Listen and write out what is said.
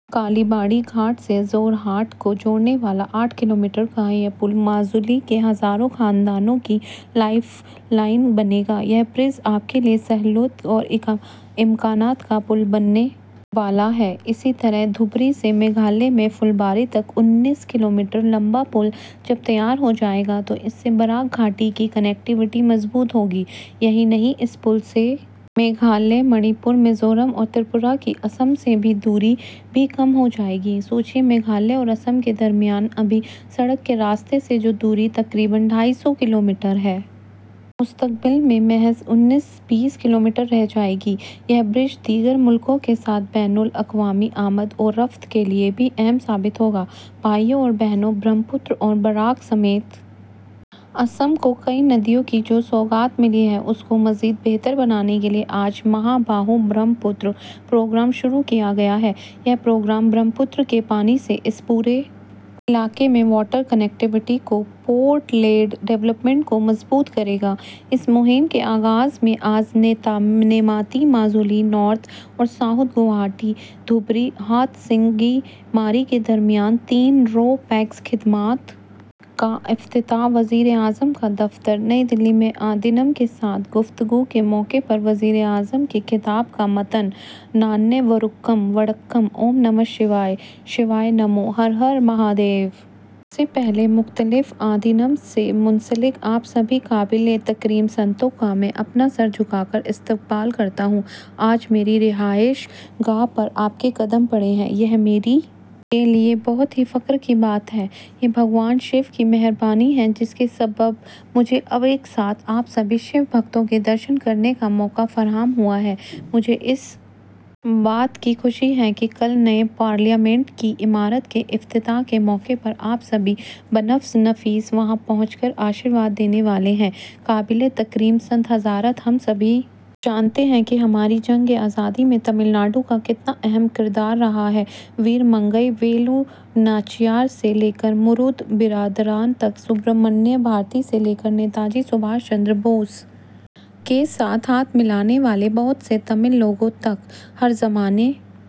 کالی باڑی گھاٹ سے جورہاٹ کو جوڑنے والا آٹھ کلومیٹر کا یہ پل ماجولی کے ہزاروں خاندانوں کی لائف لائن بنے گا یہ برج آپ کے لیے سہولت اور امکانات کا پل بننے والا ہے اسی طرح ڈھبری سے میگھالیہ میں پھلباری تک انیس کلومیٹر لمبا پل جب تیار ہو جائے گا تو اس سے براک گھاٹی کی کنکٹیویٹی مضبوط ہوگی یہی نہیں اس پل سے میگھالیہ منی پور میزورم اور تریپورہ کی آسام سے دوری بھی کم ہو جائے گی سوچیے میگھالیہ اور آسام کے درمیان ابھی سڑک کے راستے سے جو دوری تقریباً ڈھائی سو کلومیٹر ہے مستقبل میں محض انیس بیس کلومیٹر رہ جائے گی یہ برج دیگر ممالک کے ساتھ بین الاقوامی آمد و رفت کے لیے بھی اہم ثابت ہوگا بھائیو اور بہنو برہمپتر اور براک سمیت آسام کو کئی ندیوں کی جو سوغات ملی ہے اس کو مزید بہتر بنانے کے لیے آج مہا باہو برہمپتر پروگرام شروع کیا گیا ہے یہ پروگرام برہمپتر کے پانی سے اس پورے علاقے میں واٹر کنکٹیویٹی کو پورٹ لیڈ ڈیولپمنٹ کو مضبوط کرے گا اس مہم کے آغاز میں آج نیماتی ماجولی نارتھ اور ساؤتھ گوہاٹی ڈھبری تسنگی ماری کے درمیان تین رو پیکس خدمات کا افتتاح وزیراعظم کا دفتر نئی دہلی میں آدینم کے ساتھ گفت و شنید کے موقع پر وزیراعظم کے خطاب کا متن ناینے ورکم وڑککم اوم نمو شوائے شوائے نمو ہر ہر مہادیو سب سے پہلے مختلف آدینم سے منسلک آپ سبھی قابل تکریم سنتوں کا میں اپنا سر جھکا کر استقبال کرتا ہوں آج میری رہائش گاہ پر آپ کے قدم پڑے ہیں یہ میرے لیے بہت ہی فخر کی بات ہے یہ بھگوان شیو کی مہربانی ہے جس کے سبب مجھے ایک ساتھ آپ سبھی شیو بھکتوں کے درشن کرنے کا موقع فراہم ہوا ہے مجھے اس بات کی خوشی ہے کہ کل نئے پارلیمنٹ کی عمارت کے افتتاح کے موقع پر آپ سبھی بہ نفس نفیس وہاں پہنچ کر آشیرواد دینے والے ہیں قابل تکریم سنت حضرات ہم سبھی جانتے ہیں کہ ہماری جنگ آزادی میں تمل ناڈو کا کتنا اہم کردار رہا ہے ویرمنگئی ویلو ناچیار سے لے کر مرودو برادران تک سبرامنیہ بھارتی سے لے کر نیتاجی سبھاش چندر بوس کے ساتھ ہاتھ ملانے والے بہت سے تمل لوگوں تک ہر زمانے